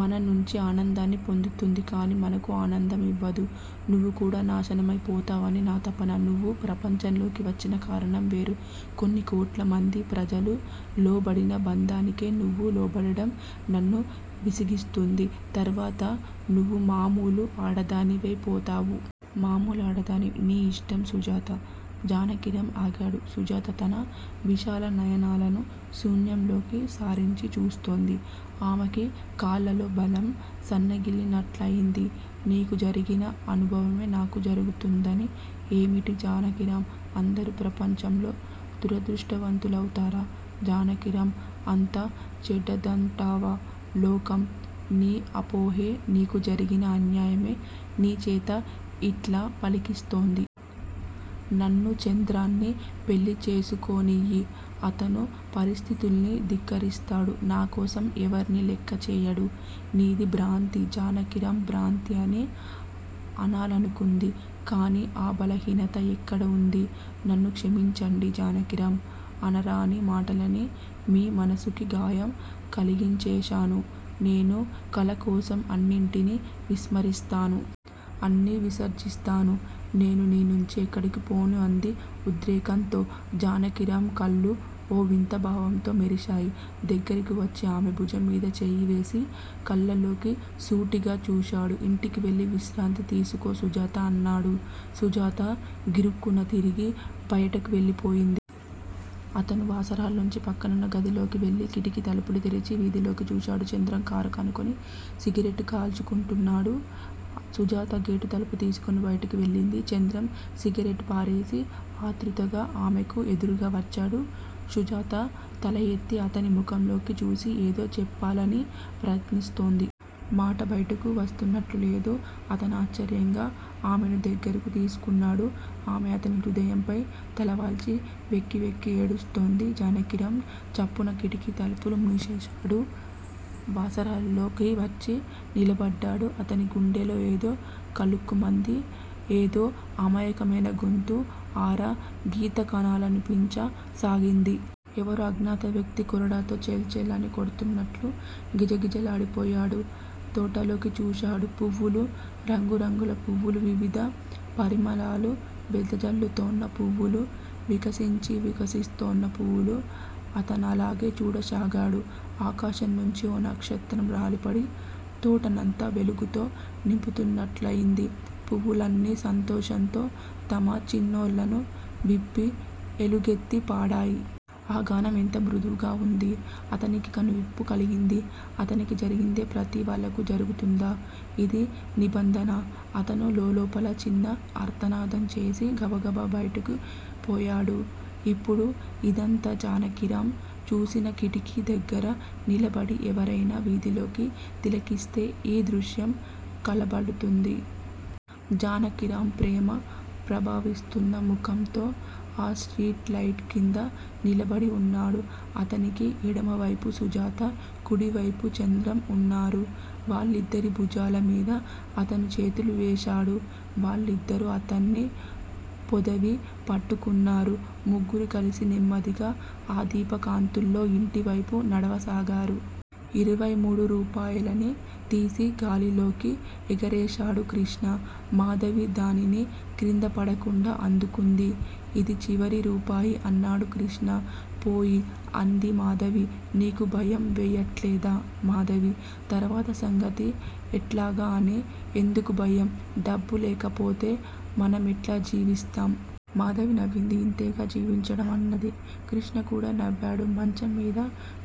మన నుంచి ఆనందాన్ని పొందుతుంది. కాని మనకు ఆనందం ఇవ్వదు. నువ్వు కూడా నాశనమై పోతావని నా తపన. నువ్వు ప్రపంచంలోకి వచ్చిన కారణం వేరు. కొన్ని కోట్ల మంది ప్రజలు లోబడిన బంధానికే నువ్వూ లోబడటం నన్ను విసిగిస్తుంది. తర్వాత నువ్వు మామూలు ఆడదానివై పోతావు. మామూలు ఆడదానివి. నీ ఇష్టం సుజాతా. జానకిరాం ఆగాడు. సుజాత తన విశాలనయనాలను శూన్యంలోకి సారించి చూస్తోంది. ఆమెకు కాళ్ళలో బలం సన్నగిల్లినట్లయింది. 'నీకు జరిగిన అనుభవమే నాకు జరుగుతుందని ఏమిటి జానకిరాం? అందరూ ప్రపంచంలో దురదృష్టవంతులౌతారా జానకిరాం? అంత చెడ్డదంటావా లోకం? నీది అపోహే నీకు జరిగిన అన్యాయమే నీ చేత యిట్లా పలికిస్తోంది. నన్ను చంద్రాన్ని పెళ్ళి చేసుకోనియ్యి. అతను పరిస్థితుల్ని ధిక్కరిస్తాడు. నాకోసం ఎవర్నీ లెక్కచెయ్యడు. నీది భ్రాంతి జానకిరాం భ్రాంతి' అని అనాలనుకుంది. కాని ఈ బలహీనత ఎక్కడ ఉంది? నన్ను క్షమించండి జానకిరాం. అనరాని మాటలని మీ మనసుకి గాయం కలుగజేశాను. నేను కళ కోసం అన్నిటినీ విస్మరిస్తాను. అన్నీ విసర్జిస్తాను. నేను నీ నుంచి ఎక్కడకు పోను అంది ఉద్రేకంతో. జానకిరాం కళ్ళు ఓ వింత భావంతో మెరిశాయి. దగ్గరకు వచ్చి ఆమె భుజంమీద చెయ్యివేసి కళ్ళలోకి సూటిగా చూశాడు. ఇంటికి వెళ్ళి విశ్రాంతి తీసుకో సుజాతా! ' అన్నాడు. సుజాత గిరుక్కున తిరిగి బయటకు వెళ్ళిపోయింది. అతను వసారాలోంచి ప్రక్కనున్న గదిలోకి వెళ్ళి కిటికీ తలుపులు తెరిచి వీధిలోకి చూశాడు. చంద్రం కారుకానుకుని సిగరెట్ కాల్చుకుంటున్నాడు. సుజాత గేటు తలుపు తీసుకుని బయటకు వెళ్ళింది. చంద్రం సిగరెట్ పారేసి ఆతృతగా ఆమెకు ఎదురుగా వచ్చాడు. సుజాత తల ఎత్తి అతని ముఖంలోకి చూసి ఏదో చెప్పాలని ప్రయత్నిస్తోంది. మాట బయటకు వస్తున్నట్లు లేదు. అతనాశ్చర్యంగా ఆమెను దగ్గరకు తీసుకున్నాడు. ఆమె అతని హృదయంపై తలవాల్చి వెక్కి వెక్కి ఏడుస్తోంది. జానకిరాం చప్పున కిటికీ తలుపులు మూసేశాడు. వసారాలోకి వచ్చి నిలబడ్డాడు. అతని గుండెలో ఏదో కలుక్కుమంది. ఏదో అమాయకమైన గొంతు. ఆర గీతికనాలపించ సాగింది. ఎవరో అజ్ఞాత వ్యక్తి కొరడాతో ఛళ్ ఛళ్ మని కొడుతున్నట్లు గిజ గిజలాడిపోయాడు. తోటలోకి చూశాడు. పువ్వులు-రంగురంగుల పువ్వులు. వివిధ వివిధ పరిమళాలు వెదజల్లుతోన్న పువ్వులు, వికసించి వికసిస్తోన్న పువ్వులు. అతనలాగే చూడసాగాడు. ఆకాశంనుంచి ఓ నక్షత్రం రాలిపడి తోటనంతా వెలుగుతో నింపినట్లయింది. పువ్వులన్నీ సంతోషంతో తమ చిన్ననోళ్ళను విప్పి ఎలుగెత్తి పాడాయి. ఆ గానం ఎంత మృదువుగా వుంది? అతనికి కనువిప్పు కలిగింది. తనకి జరిగిందే ప్రతి వాళ్ళకూ జరుగుతుందా? ఇది నిబంధనా? అతను లోలోన చిన్న ఆర్తనాదం చేసి గబగబ బయటకు పోయాడు. ఇప్పుడు యిందాక జానకిరాం చూసిన కిటికీ దగ్గర నిలబడి ఎవరైనా వీధిలోకి తిలకిస్తే ఈ దృశ్యం కళబడుతుంది. జానకిరాం ప్రేమ ప్రభవిస్తూన్న ముఖంతో ఆ స్ట్రీట్ లైట్ క్రింద నిలబడి వున్నాడు. అతనికి ఎడమవైపు సుజాతా, కుడివైపు చంద్రం వున్నారు. వాళ్ళిద్దరి భుజాల మీదా అతను చేతులు వేశాడు. వాళ్ళిద్దరూ అతన్ని పొదివి పట్టుకున్నారు. ముగ్గురూ కలిసి నెమ్మదిగా ఆ దీప కాంతిలో యింటి వైపు నడవసాగారు. ఇరవై మూడు రూపాయిని తీసి గాలిలోకి ఎగరేశాడు కృష్ణ. మాధవి దానిని క్రింద పడకుండా అందుకుంది. 'ఇది చివరి రూపాయి' అన్నాడు కృష్ణ. పోయి! అంది మాధవి. నీకు భయం వెయ్యటల్లేదా మాధవీ! తర్వాత సంగతి ఎట్లాగా అని ఎందుకూ భయం? డబ్బు లేకపోతే మనమెట్లా జీవిస్తాం? మాధవి నవ్వింది. ఇంతేగా జీవించడం అన్నది. కృష్ణ కూడా నవ్వాడు. మంచం మీద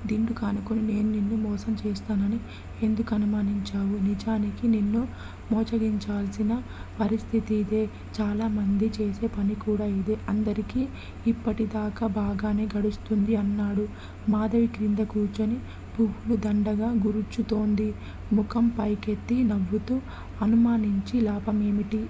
దిండుకానుకుని 'నేను నిన్ను మోసం చేస్తానని ఎందుకనుమానించావు? నిజానికి నిన్ను మోసగించాల్సిన పరిస్థితి యిదే. చాలామంది చేసే పని కూడా అదే. అందరికీ యిప్పటి దాకా బాగానే గడుస్తుంది' అన్నాడు. మాధవి క్రింద కూర్చుని పువ్వులు దండగా గ్రుచ్చుతోంది. ముఖం పైకెత్తి నవ్వుతూ 'అనుమానించి లాభం ఏమిటి?